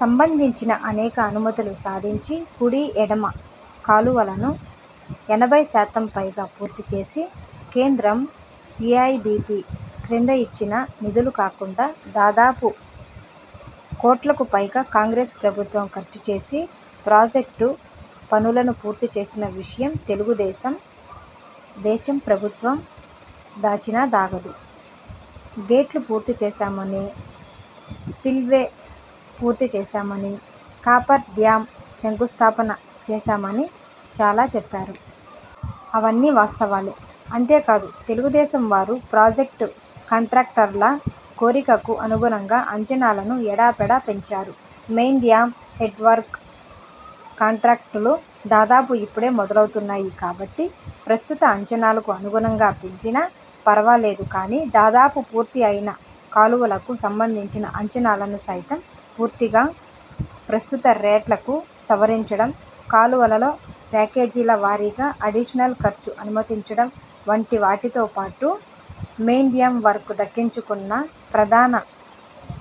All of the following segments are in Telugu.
సంబంధించిన అనేక అనుమతులు సాధించి, కుడి, ఎడమ కాలువలను ఎనభై శాతం పైగా పూర్తిచేసి, కేంద్రం ఏఐబీపీ క్రింద ఇచ్చిన నిధులుకాకుండా దాదాపు కోట్లకు పైగా కాంగ్రెస్ ప్రభుత్వం ఖర్చు చేసి ప్రాజెక్టు పనులను పూర్తిచేసిన విషయం తెలుగుదేశం దేశం ప్రభుత్వం దాచినా దాగదు. గేట్లు పూర్తిచేశామని, స్పిల్వే పూర్తి చేశామని, కాఫర్ డ్యామ్ శంకుస్థాపన చేశామని చాలాచెప్పారు. అవన్నీ వాస్తవాలే. అంతేకాదు తెలుగుదేశం వారు ప్రాజెక్ట్ కాంట్రాక్టర్ల కోరికకు అనుగుణంగా అంచనాలను ఎడాపెడా పెంచారు. మెయిన్ డ్యామ్ హెడ్ వర్క్ కాంట్రాక్టులు దాదాపు ఇప్పుడే మొదలవుతున్నాయి కాబట్టి ప్రస్తుత అంచనాలకు అనుగుణంగా పెంచినా పరవాలేదు కానీ దాదాపు పూర్తి అయినా కాలువలకు సంబంధించిన అంచనాలను సైతం పూర్తిగా ప్రస్తుత రేట్లకు సవరించడం, కాలువలలో ప్యాకేజీల వారీగా అడిషనల్ ఖర్చు అనుమతించడం వంటి వాటితో పాటు మెయిన్ డ్యామ్ వర్క్ దక్కించుకున్న ప్రధాన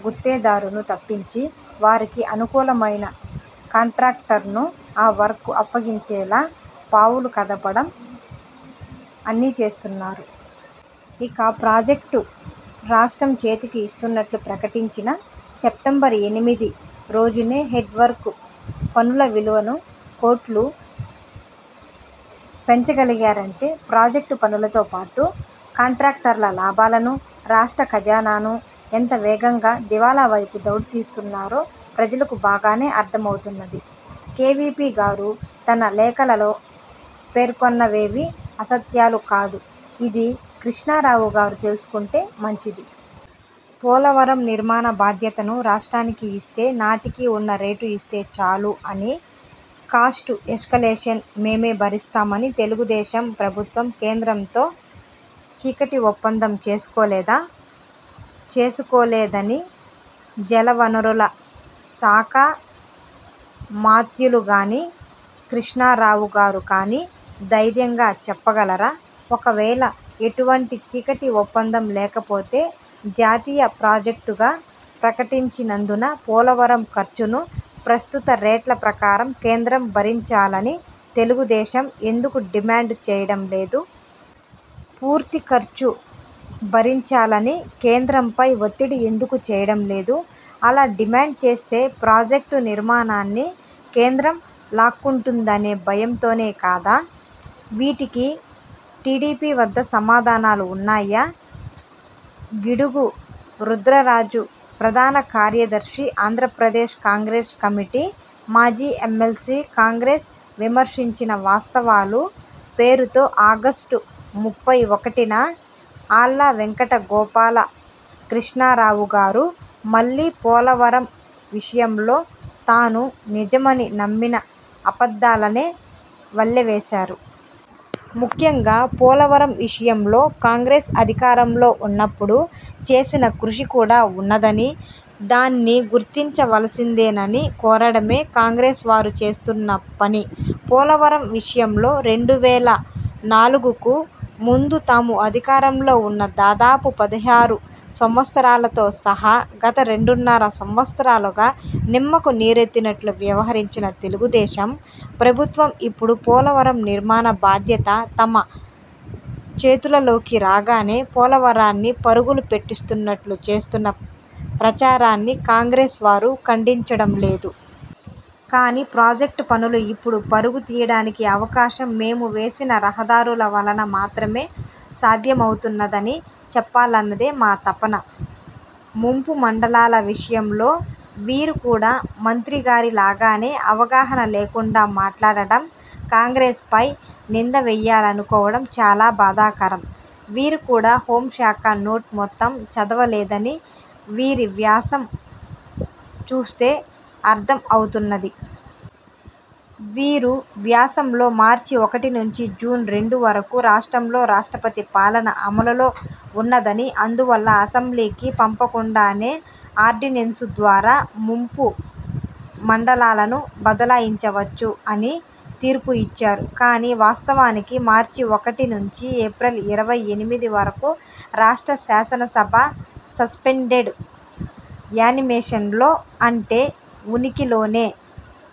గుత్తేదారును తప్పించి వారికి అనుకూలమైన కాంట్రాక్టర్ను ఆ వర్క్ అప్పగించేలా పావులు కదపడం అన్నీ చేస్తున్నారు. ఇక ప్రాజెక్టు రాష్ట్రం చేతికి ఇస్తున్నట్లు ప్రకటించిన సెప్టెంబర్ ఎనిమిది రోజునే హెడ్ వర్క్ పనుల విలువను కోట్లు పెంచగలిగారంటే ప్రాజెక్టు పనులతో పాటు, కాంట్రాక్టర్ల లాభాలను, రాష్ట్ర ఖాజానాను ఎంత వేగంగా దివాళా వైపు దౌడు తీయిస్తున్నారో ప్రజలకు బాగానే అర్థం అవుతున్నది. కేవీపీ గారు తన లేఖలలో పేర్కొన్నవేవీ అసత్యాలు కాదు ఇది కృష్ణా రావు గారు తెలుసుకొంటే మంచిది. పోలవరం నిర్మాణ బాధ్యతను రాష్ట్రానికి ఇస్తే నాటికి ఉన్న రేటు ఇస్తే చాలు అని కాస్ట్ ఎస్కలేషన్ మేమే భరిస్తామని తెలుగుదేశం ప్రభుత్వం కేంద్రంతో చీకటి ఒప్పందం చేసుకోలేదా? చేసుకోలేదని జలవనరుల శాఖామాత్యులు గానీ, కృష్ణారావు గారు కానీ ధైర్యంగా చెప్పగలరా? ఒకవేళ ఎటువంటి చీకటి ఒప్పందం లేకపోతే జాతీయ ప్రాజెక్టుగా ప్రకటించినందున పోలవరం ఖర్చును ప్రస్తుత రేట్ల ప్రకారం కేంద్రం భరించాలని తెలుగుదేశం ఎందుకు డిమాండ్ చేయడం లేదు. పూర్తి ఖర్చు భరించాలని కేంద్రంపై వత్తిడి ఎందుకు చేయడం లేదు? అలా డిమాండ్ చేస్తే ప్రాజెక్టు నిర్మాణాన్ని కేంద్రం లాక్కుంటుందనే భయంతోనే కాదా? వీటికి టీడీపీ వద్ద సమాధానాలు ఉన్నాయా? గిడుగు రుద్రరాజు ప్రధాన కార్యదర్శి, ఆంధ్రప్రదేశ్ కాంగ్రెస్ కమిటీ, మాజీ ఎమ్మెల్సీ 'కాంగ్రెస్ విస్మరించిన వాస్తవాలు' పేరుతో ఆగస్టు ముప్పై ఒకటిన ఆళ్ళ వెంకట గోపాల కృష్ణారావు గారు మళ్ళీ పోలవరం విషయంలో తాను నిజమని నమ్మిన అబద్ధాలనే వల్లెవేశారు. ముఖ్యంగా.. పోలవరం విషయంలో కాంగ్రెస్ అధికారంలో ఉన్నప్పుడు చేసిన కృషి కూడా ఉన్నదని.. దాన్ని గుర్తించవలసిందేనని కోరడమే కాంగ్రెస్ వారు చేస్తున్న పని పోలవరం విషయంలో రెండు వేల నాలుగుకు ముందు తాము అధికారంలో ఉన్న దాదాపు పదహారు సంవత్సరాలతో సహా గత రెండున్నర సంవత్సరాలుగా నిమ్మకు నీరెత్తినట్లు వ్యవహరించిన తెలుగుదేశం ప్రభుత్వం ఇప్పుడు పోలవరం నిర్మాణ బాధ్యత తమ చేతుల లోకి రాగానే పోలవరాన్ని పరుగులు పెట్టిస్తున్నట్లు చేస్తున్న ప్రచారాన్నీ కాంగ్రెస్ వారు ఖండించడం లేదు. కానీ ప్రాజెక్ట్ పనులు ఇప్పుడు పరుగు తీయడానికి అవకాశం మేము వేసిన రహదారుల వలన మాత్రమే సాధ్యమవుతున్నదని చెప్పాలన్నదే మా తపన. ముంపు మండలాల విషయంలో వీరు కూడా మంత్రిగారి లాగానే అవగాహన లేకుండా మాట్లాడడం కాంగ్రెస్పై నింద వేయాలనుకోవడం చాలా బాధాకరం. వీరు కూడా హోం శాఖ నోట్ మొత్తం చదవలేదని వీరి వ్యాసం చూస్తే అర్ధం అవుతున్నది. వీరు వ్యాసంలో మార్చి ఒకటి నుంచి జూన్ రెండు వరకు రాష్ట్రంలో రాష్ట్రపతి పాలన అమలులో ఉన్నదని అందువల్ల అసెంబ్లీకి పంపకుండానే ఆర్డినెన్సు ద్వారా ముంపు మండలాలను బదలాయించవచ్చు అని తీర్పు ఇచ్చారు. కానీ వాస్తవానికి మార్చి ఒకటి నుంచి ఏప్రిల్ ఇరవై ఎనిమిది వరకు రాష్ట్ర శాసనసభ సస్పెండెడ్ యానిమేషన్లో అంటే ఉనికిలోనే